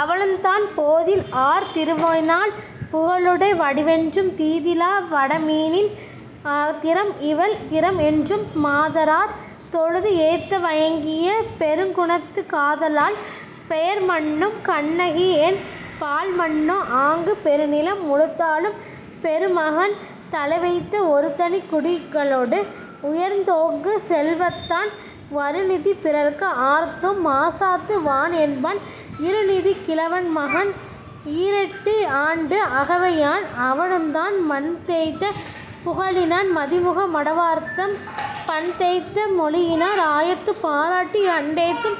அவளுந்தான், போதில்ஆர் திருவினாள் புகழுடை வடிவென்றும் தீதிலா வடமீனின் திறம்இவள் திறம்என்றும் மாதரார் தொழுதுஏத்த வயங்கிய பெருங்குணத்துக் காதலாள் பெயர்மன்னும் கண்ணகிஎன் பாள்மன்னோ, ஆங்கு, பெருநிலம் முழுதாளும் பெருமகன் தலைவைத்த ஒருதனிக் குடிகளொடு உயர்ந்தோங்கு செல்வத்தான் வருநிதி பிறர்க்குஆர்த்தும் மாசாத்து வான்என்பான் இருநிதிக் கிழவன்மகன் ஈரெட்டுஆண்டு அகவையான், அவனுந்தான், மண்தேய்த்த புகழினான் மதிமுக மடவார்தம் பண்தேய்த்த மொழியினார் ஆயத்துப் பாராட்டிக் கண்டுஏத்தும்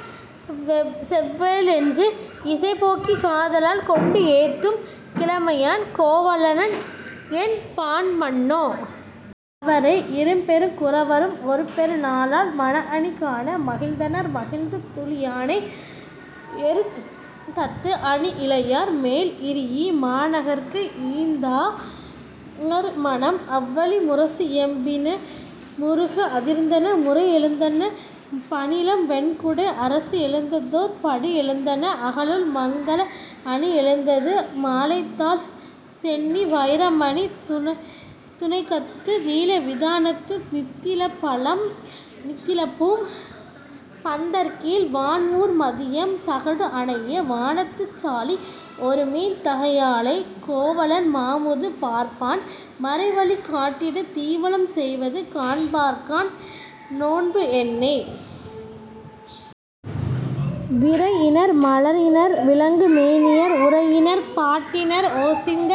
செவ்வேள்என்று இசைபோக்கிக் காதலால் கொண்டுஏத்தும் கிழமையான் கோவலன்என் பான்மன்னோ. அவரை, இருபெருங் குரவரும் ஒருபெரு நாளால் மணஅணி காண மகிழ்ந்தனர், மகிழ்ந்துழி யானை எருத்தத்து அணிஇழையார் மேல்இரீஇ மாநகர்க்கு ஈந்தார் மணம். அவ்வழி, முரசுஇயம்பின, முருகுஅதிர்ந்தன, முறைஎழுந்தன பணிலம், வெண்குடை அரசுஎழுந்ததொர் படிஎழுந்தன, அகலுள்மங்கல அணிஎழுந்தது. மாலைதாழ் சென்னி வயிரமணித் து஡ணகத்து நீல விதானத்து நித்திலப்பூம் பந்தர்க்கீழ் வான்ஊர் மதியம் சகடுஅணைய வானத்துச் சாலி ஒருமீன் தகையாளைக் கோவலன் மாமுது பார்ப்பான் மறைவழி காட்டிடத் தீவலம் செய்வது காண்பார்க்காண் நோன்புஎன்னை. விரையினர் மலரினர் விளங்கு மேனியர் உரையினர் பாட்டினர் ஒசிந்த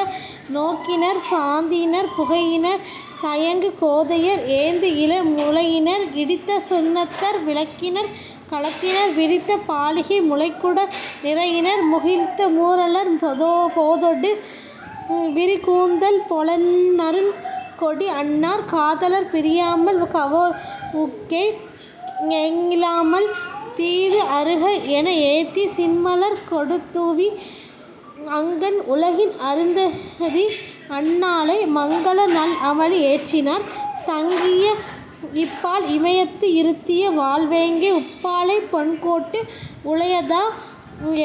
நோக்கினர் சாந்தினர் புகையினர் தயங்கு கோதையர் ஏந்துஇள முலையினர் இடித்த சுண்ணத்தர் விளக்கினர் கலத்தினர் விரித்த பாலிகை முளைக்குட நிரையினர் முகிழ்த்த மூரலர் போதொடு விரிகூந்தல் பொலன்நறுங் கொடிஅன்னார் காதலற் பிரியாமல் கவவுக்கை ஞெகிழாமல் தீதுஅறுக எனஏத்திச் சின்மலர் கொடுது஡வி அங்கண் உலகின் அருந்ததி அன்னாளை மங்கல நல்அமளி ஏற்றினார், தங்கிய இப்பால் இமயத்து இருத்திய வாள்வேங்கை உப்பாலைப் பொன்கோட்டு உழையதா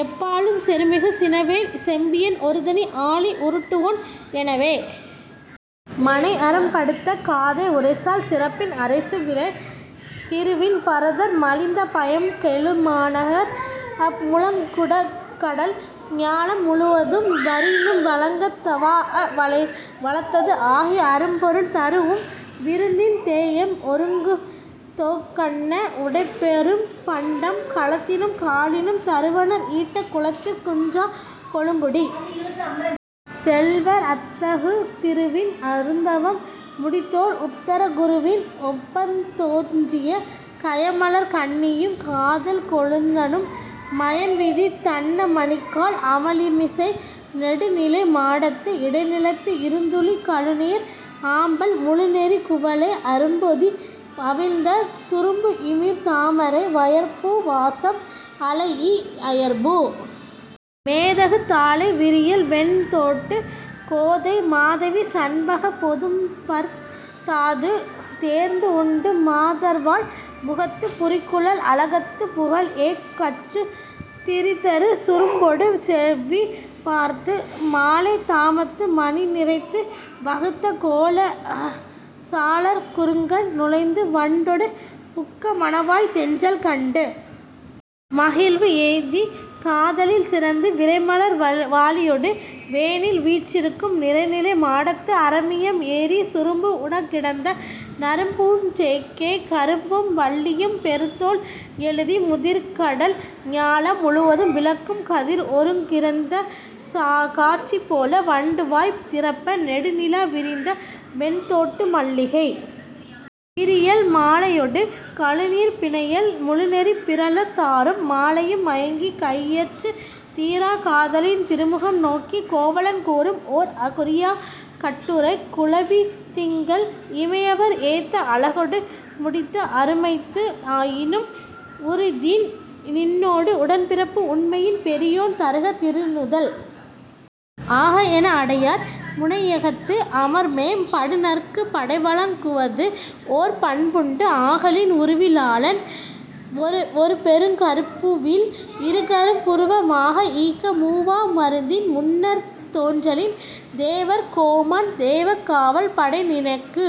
எப்பாலும் செருமிகு சினவேல் செம்பியன் ஒருதனி ஆழி உருட்டுவோன் எனவே.. மனையறம்படுத்த காதை உரைசால் சிறப்பின் அரைசுவிழை திருவின் பரதர் மலிந்த பயம்கெழு மாநகர் முழங்குகடல் ஞாலம் முழுவதும் வரினும் வழங்கத் தவாஅ வளத்தது ஆகி அரும்பொருள் தருஉம் விருந்தின் தேஎம் ஒருங்குதொக் கன்ன உடைப்பெரும் பண்டம் கலத்தினும் காலினும் தருவனர் ஈட்டக் குலத்திற் குன்றாக் கொழுங்குடிச் செல்வர் அத்தகு திருவின் அருந்தவம் முடித்தோர் உத்தர குருவின் ஒப்பத் தோன்றிய கயமலர்க் கண்ணியும் காதல் கொழுநனும் மயன்விதித் தன்ன மணிக்கால் அமளிமிசை நெடுநிலை மாடத்து இடைநிலத்து இருந்துழிக் கழுநீர் ஆம்பல் முழுநெறிக் குவளை அரும்புபொதி அவிழ்ந்த சுரும்புஇமிர் தாமரை வயற்பூ வாசம் அளைஇ அயற்பூ மேதகு தாழை விரியல்வெண் தோட்டுக் கோதை மாதவி சண்பகப் பொதும்பர்த் தாதுதேர்ந்து உண்டு மாதர்வாள் முகத்துப் புரிகுழல் அளகத்துப் புகல்ஏக் கற்றுத் திரிதரு சுரும்பொடு செவ்வி பார்த்து மாலைத் தாமத்து மணிநிரைத்து வகுத்த கோலச் சாளரக் குறுங்கண் நுழைந்து வண்டொடு புக்க மணவாய்த் தென்றல் கண்டு மகிழ்வுஎய்திக் காதலில் சிறந்து, விரைமலர் வாளியொடு வேனில்வீற் றிருக்கும் நிரைநிலை மாடத்து அரமியம் ஏறி, சுரும்புஉணக் கிடந்த நறும்பூஞ் சேக்கைக் கரும்பும் வல்லியும் பெருந்தோள் எழுதி முதிர்க்கடல் ஞாலம் முழுவதும் விளக்கும் கதிர்ஒருங் கிருந்த காட்சி போல, வண்டுவாய் திறப்ப நெடுநிலா விரிந்த வெண்தோட்டு மல்லிகை விரியல் மாலையொடு கழுநீர்ப் பிணையல் முழுநெறி பிறழத் தாரும் மாலையும் மயங்கிக் கையற்றுத் தீராக் காதலின் திருமுகம் நோக்கிக் கோவலன் கூறும்ஓர் குறியாக் கட்டுரை குழவித் திங்கள் இமையவர் ஏத்த அழகொடு முடித்த அருமைத்து ஆயினும் உரிதின் நின்னோடு உடன்பிறப்பு உண்மையின் பெரியோன் தருக திருநுதல் ஆகஎன, அடையார் முனையகத்து அமர்மேம் படுநர்க்குப் படைவழங் குவதுஓர் பண்புண்டு ஆகலின் உருவி லாளன் ஒருபெருங் கருப்புவில் இருகரும் புருவ மாக ஈக்க, மூவா மருந்தின் முன்னர்த் தோன்றலின் தேவர் கோமான் தெய்வக் காவல் படைநினக்கு